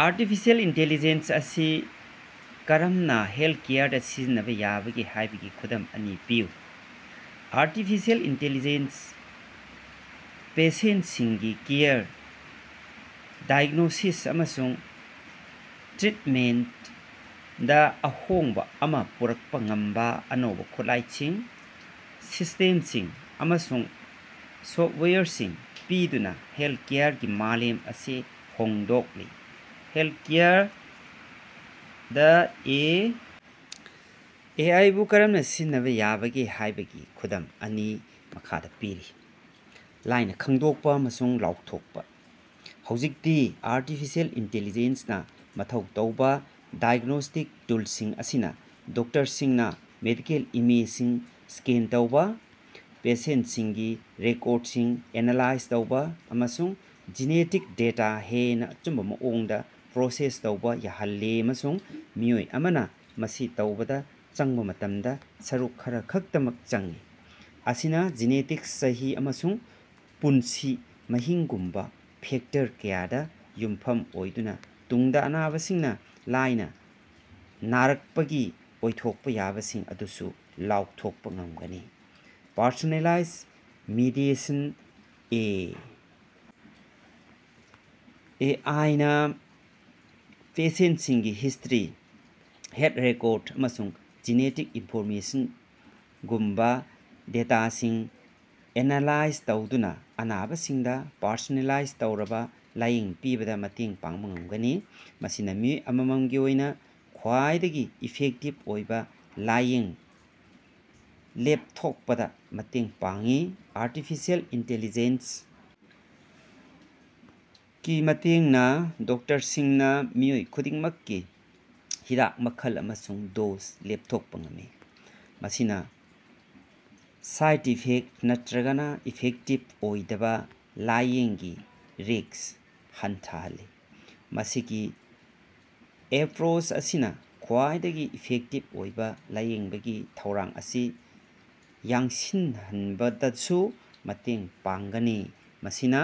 Artificial intelligence ꯑꯁꯤ ꯀꯔꯝꯅꯥ ꯍꯦꯜꯊꯀꯦꯌꯔꯗ ꯁꯤꯖꯤꯟꯅꯕ ꯌꯥꯕꯒꯦ ꯍꯥꯏꯕꯒꯤ ꯈꯨꯗꯝ ꯑꯅꯤ ꯄꯤꯌꯨ꯫ ꯑꯥꯔꯇꯤꯐꯤꯁꯤꯑꯦꯜ ꯏꯟꯇꯦꯂꯤꯖꯦꯟꯁꯅ ꯄꯦꯁꯦꯟꯠꯁꯤꯡꯒꯤ ꯀꯦꯌꯔ, ꯗꯥꯏꯒ꯭ꯅꯣꯁꯤꯁ ꯑꯃꯁꯨꯡ ꯇ꯭ꯔꯤꯠꯃꯦꯟꯠꯗ ꯑꯍꯣꯡꯕ ꯑꯃ ꯄꯨꯔꯛꯄ ꯉꯝꯕ ꯑꯅꯧꯕ ꯈꯨꯠꯂꯥꯏꯁꯤꯡ, ꯁꯤꯁ꯭ꯇꯦꯝꯁꯤꯡ ꯑꯃꯁꯨꯡ ꯁꯣꯐꯋꯦꯌꯔꯁꯤꯡ ꯄꯤꯗꯨꯅ ꯍꯦꯜꯊꯀꯦꯌꯔꯒꯤ ꯃꯥꯂꯦꯝ ꯑꯁꯤ ꯍꯣꯡꯗꯣꯛꯂꯤ꯫ ꯍꯦꯜꯊꯀꯦꯌꯔꯗ ꯑꯦ. ꯑꯥꯏ. ꯕꯨ ꯀꯔꯝꯅ ꯁꯤꯖꯤꯟꯅꯕ ꯌꯥꯕꯒꯦ ꯍꯥꯏꯕꯒꯤ ꯈꯨꯗꯝ ꯑꯅꯤ ꯃꯈꯥꯗꯥ ꯄꯤꯔꯤ: ꯂꯥꯏꯅꯥ ꯈꯪꯗꯣꯛꯄ ꯑꯃꯁꯨꯡ ꯂꯥꯎꯊꯣꯛꯄ: ꯍꯧꯖꯤꯛꯇꯤ ꯑꯥꯔꯇꯤꯐꯤꯁꯤꯑꯦꯜ ꯏꯟꯇꯦꯂꯤꯖꯦꯟꯁꯅ ꯃꯊꯧ ꯇꯧꯕ ꯗꯥꯏꯒ꯭ꯅꯣꯁ꯭ꯇꯤꯛ ꯇꯨꯜꯁꯤꯡ ꯑꯁꯤꯅ ꯗꯣꯛꯇꯔꯁꯤꯡꯅ ꯃꯦꯗꯤꯀꯦꯜ ꯏꯃꯦꯖꯁꯤꯡ ꯁ꯭ꯀꯦꯟ ꯇꯧꯕ, ꯄꯦꯁꯦꯟꯠꯁꯤꯡꯒꯤ ꯔꯦꯀꯣꯔꯗꯁꯤꯡ ꯑꯦꯅꯥꯂꯥꯏꯖ ꯇꯧꯕ ꯑꯃꯁꯨꯡ ꯖꯦꯅꯦꯇꯤꯛ ꯗꯦꯇꯥ ꯍꯦꯟꯅ ꯑꯆꯨꯝꯕ ꯃꯑꯣꯡꯗ ꯄ꯭ꯔꯣꯁꯦꯁ ꯇꯧꯕ ꯌꯥꯍꯜꯂꯤ ꯑꯃꯁꯨꯡ ꯃꯤꯑꯣꯏ ꯑꯃꯅ ꯃꯁꯤ ꯇꯧꯕꯗ ꯆꯪꯕꯥ ꯃꯇꯝꯒꯤ ꯁꯔꯨꯛ ꯈꯔꯈꯛꯇꯃꯛ ꯆꯪꯏ꯫ ꯃꯁꯤꯅ ꯖꯦꯅꯦꯇꯤꯛꯁ, ꯆꯍꯤ, ꯑꯃꯁꯨꯡ ꯄꯨꯟꯁꯤ ꯃꯍꯤꯡꯒꯨꯝꯕ ꯐꯦꯛꯇꯔ ꯀꯌꯥꯗ ꯌꯨꯝꯐꯝ ꯑꯣꯏꯗꯨꯅ ꯇꯨꯡꯗ ꯑꯅꯥꯕꯁꯤꯡꯅ ꯂꯥꯏꯅꯥ ꯅꯥꯔꯛꯄꯒꯤ ꯑꯣꯏꯊꯣꯛꯄ ꯌꯥꯕꯁꯤꯡ ꯑꯗꯨꯁꯨ ꯂꯥꯎꯊꯣꯛꯄ ꯉꯝꯒꯅꯤ꯫ Personalise medicine: A. ꯑꯥꯏ. ꯅ ꯄꯦꯁꯦꯟꯠꯁꯤꯡꯒꯤ ꯍꯤꯁ꯭ꯇꯔꯤ, ꯍꯦꯜꯊ ꯔꯦꯀꯣꯔꯗ, ꯑꯃꯁꯨꯡ ꯖꯦꯅꯦꯇꯤꯛ ꯏꯅꯐꯣꯔꯃꯦꯁꯉꯨꯝꯕ ꯗꯦꯇꯥꯁꯤꯡ ꯑꯦꯅꯥꯂꯥꯏꯖ ꯇꯧꯗꯨꯅ ꯑꯅꯥꯕꯁꯤꯡꯗ ꯄꯔꯁꯣꯅꯦꯂꯥꯏꯖ ꯇꯧꯔꯕ ꯂꯥꯌꯦꯡ ꯄꯤꯕꯗ ꯃꯇꯦꯡ ꯄꯥꯡꯕ ꯉꯝꯒꯅꯤ꯫ ꯃꯁꯤꯅ ꯃꯤꯑꯣꯏ ꯑꯃꯃꯝꯒꯤ ꯑꯣꯏꯅ ꯈ꯭ꯋꯥꯏꯗꯒꯤ ꯏꯐꯦꯛꯇꯤꯚ ꯑꯣꯏꯕ ꯂꯥꯏꯌꯦꯡ ꯂꯦꯞꯊꯣꯛꯄꯗ ꯃꯇꯦꯡ ꯄꯥꯡꯏ꯫ ꯑꯥꯔꯇꯤꯐꯤꯁꯤꯑꯦꯜ ꯏꯟꯇꯦꯂꯤꯖꯦꯟꯁ ꯒꯤ ꯃꯇꯦꯡꯅ ꯗꯣꯛꯇꯔꯁꯤꯡꯅ ꯃꯤꯑꯣꯏ ꯈꯨꯗꯤꯡꯃꯛꯀꯤ ꯍꯤꯗꯥꯛ ꯃꯈꯜ ꯑꯃꯁꯨꯡ ꯗꯣꯖ ꯂꯦꯄꯊꯣꯛꯄ ꯉꯝꯃꯤ, ꯃꯁꯤꯅ ꯁꯥꯏꯗ ꯏꯐꯦꯛ ꯅꯠꯇꯔꯒ ꯏꯐꯦꯛꯇꯤꯕ ꯑꯣꯏꯗꯕ ꯂꯥꯏꯌꯦꯡꯒꯤ ꯔꯤꯁ꯭ꯛ ꯍꯟꯊꯍꯜꯂꯤ꯫ ꯃꯁꯤꯒꯤ ꯑꯦꯄ꯭ꯔꯣꯆ ꯑꯁꯤꯅꯥ ꯈ꯭ꯋꯥꯏꯗꯒꯤ ꯏꯐꯦꯛꯇꯤꯕ ꯑꯣꯏꯕꯥ ꯂꯥꯏꯌꯦꯡꯕꯒꯤ ꯊꯧꯔꯥꯡ ꯑꯁꯤ ꯌꯥꯡꯁꯤꯟꯍꯟꯕꯗꯁꯨ ꯃꯇꯦꯡ ꯄꯥꯡꯒꯅꯤ, ꯃꯁꯤꯅ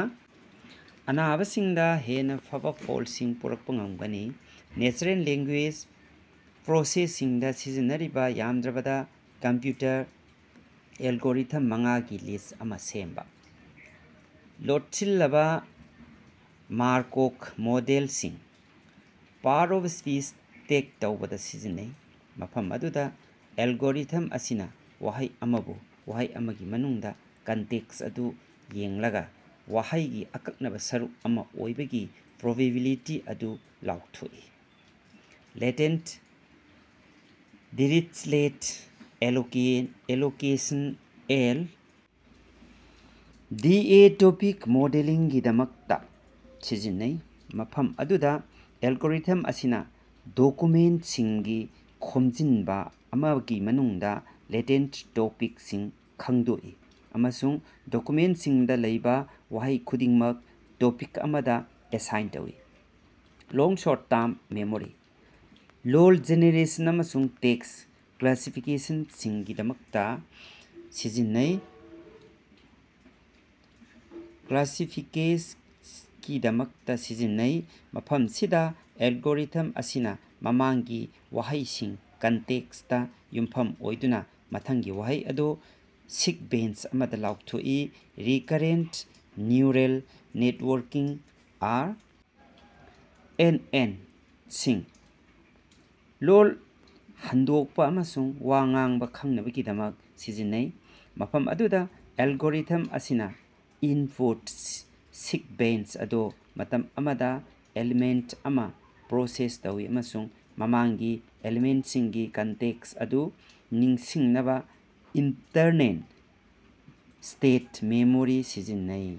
ꯑꯅꯥꯕꯁꯤꯡꯗ ꯍꯦꯟꯅ ꯐꯕ ꯐꯜꯁꯤꯡ ꯄꯨꯔꯛꯄ ꯉꯝꯒꯅꯤ꯫ ꯅꯦꯆꯔꯦꯜ ꯂꯦꯡꯒꯨꯌꯦꯖ ꯄ꯭ꯔꯣꯁꯦꯁꯤꯡꯗ ꯁꯤꯖꯤꯟꯅꯔꯤꯕ ꯌꯥꯝꯗ꯭ꯔꯕꯗ ꯀꯝꯞꯌꯨꯇꯔ ꯑꯦꯂꯒꯣꯔꯤꯊꯝ ꯃꯉꯥꯒꯤ ꯂꯤꯁ꯭ꯠ ꯑꯃ ꯁꯦꯝꯕ꯫ ꯂꯣꯠꯁꯤꯜꯂꯕ ꯃꯥꯔꯀꯣꯚ ꯃꯣꯗꯦꯂꯁꯤꯡ: ꯄꯥꯔꯠ-ꯑꯣꯐ-ꯁ꯭ꯄꯤꯆ ꯇꯦꯒ ꯇꯧꯕꯗꯥ ꯁꯤꯖꯤꯟꯅꯩ, ꯃꯐꯝ ꯑꯗꯨꯗ ꯑꯦꯂꯒꯣꯔꯤꯊꯝ ꯑꯁꯤꯅ ꯋꯥꯍꯩ ꯑꯃꯕꯨ ꯋꯥꯍꯩ ꯑꯃꯒꯤ ꯃꯅꯨꯡꯗ ꯀꯟꯇꯦꯛꯁ ꯑꯗꯨ ꯌꯦꯡꯂꯒ ꯋꯥꯍꯩꯒꯤ ꯑꯀꯛꯅꯕ ꯁꯔꯨꯛ ꯑꯃ ꯑꯣꯏꯕꯒꯤ ꯄ꯭ꯔꯣꯕꯦꯕꯤꯂꯤꯇꯤ ꯑꯗꯨ ꯂꯥꯎꯊꯣꯛꯏ꯫ Latent Dirichlet allocation (L. D. A.) Topic ꯃꯣꯗꯦꯂꯤꯡꯒꯤꯗꯃꯛꯇ ꯁꯤꯖꯤꯟꯅꯩ, ꯃꯐꯝ ꯑꯗꯨꯗ ꯑꯦꯂꯒꯣꯔꯤꯊꯝ ꯑꯁꯤꯅ ꯗꯣꯀꯨꯃꯦꯟꯇꯁꯤꯡꯒꯤ ꯈꯣꯃꯖꯤꯅꯕ ꯑꯃꯒꯤ ꯃꯅꯨꯡꯗ ꯂꯦꯇꯦꯟꯠ ꯇꯣꯄꯤꯛꯁꯤꯡ ꯈꯪꯗꯣꯛꯏ ꯑꯃꯁꯨꯡ ꯗꯣꯀꯨꯃꯦꯟꯠꯁꯤꯡꯗ ꯂꯩꯕ ꯋꯥꯍꯩ ꯈꯨꯗꯤꯡꯃꯛ ꯇꯣꯄꯤꯛ ꯑꯃꯗ ꯑꯦꯁꯥꯏꯟ ꯇꯧꯏ꯫ Long short term memory: role generation ꯑꯃꯁꯨꯡ ꯇꯦꯛꯁ ꯀ꯭ꯂꯥꯁꯤꯐꯤꯀꯦꯁꯒꯤꯗꯃꯛꯇ ꯁꯤꯖꯤꯟꯅꯩ, ꯃꯐꯝꯁꯤꯗ ꯑꯦꯂꯒꯣꯔꯤꯊꯝ ꯑꯁꯤꯅ ꯃꯃꯥꯡꯒꯤ ꯋꯥꯍꯩꯁꯤꯡꯒꯤ ꯀꯟꯇꯦꯛꯁꯇ ꯌꯨꯝꯐꯝ ꯑꯣꯏꯗꯨꯅ ꯃꯊꯪꯒꯤ ꯋꯥꯍꯩ ꯑꯗꯨ ꯁꯤꯛꯕꯦꯟꯁ ꯑꯃꯗ ꯂꯥꯎꯊꯣꯛꯏ꯫ ꯔꯤꯀꯔꯦꯟꯠ ꯅ꯭ꯌꯨꯔꯜ ꯅꯦꯇꯋꯥꯔꯀꯁꯤꯡ (ꯑꯥꯔ. ꯑꯦꯟ. ꯑꯦꯟ.) ꯁꯤꯡ: ꯂꯣꯜ ꯍꯟꯗꯣꯛꯄ ꯑꯃꯁꯨꯡ ꯋꯥ ꯉꯥꯡꯕ ꯈꯪꯅꯕꯒꯤꯗꯃꯛ ꯁꯤꯖꯤꯟꯅꯩ, ꯃꯐꯝ ꯑꯗꯨꯗ ꯑꯦꯂꯒꯣꯔꯤꯊꯝ ꯑꯁꯤꯅ ꯏꯅꯄꯨꯠ ꯁꯤꯛꯕꯦꯟꯁ ꯑꯗꯨ ꯃꯇꯝ ꯑꯃꯗ ꯑꯦꯂꯤꯃꯦꯟꯠ ꯑꯃ ꯄ꯭ꯔꯣꯁꯦꯁ ꯇꯧꯏ ꯑꯃꯁꯨꯡ ꯃꯃꯥꯡꯒꯤ ꯑꯦꯂꯤꯃꯦꯟꯇꯁꯤꯡꯒꯤ ꯀꯟꯇꯦꯛꯁ ꯑꯗꯨ ꯅꯤꯡꯁꯤꯡꯅꯕ ꯏꯟꯇꯔꯅꯦꯜ ꯁ꯭ꯇꯦꯠ ꯃꯦꯃꯣꯔꯤ ꯁꯤꯖꯤꯟꯅꯩ꯫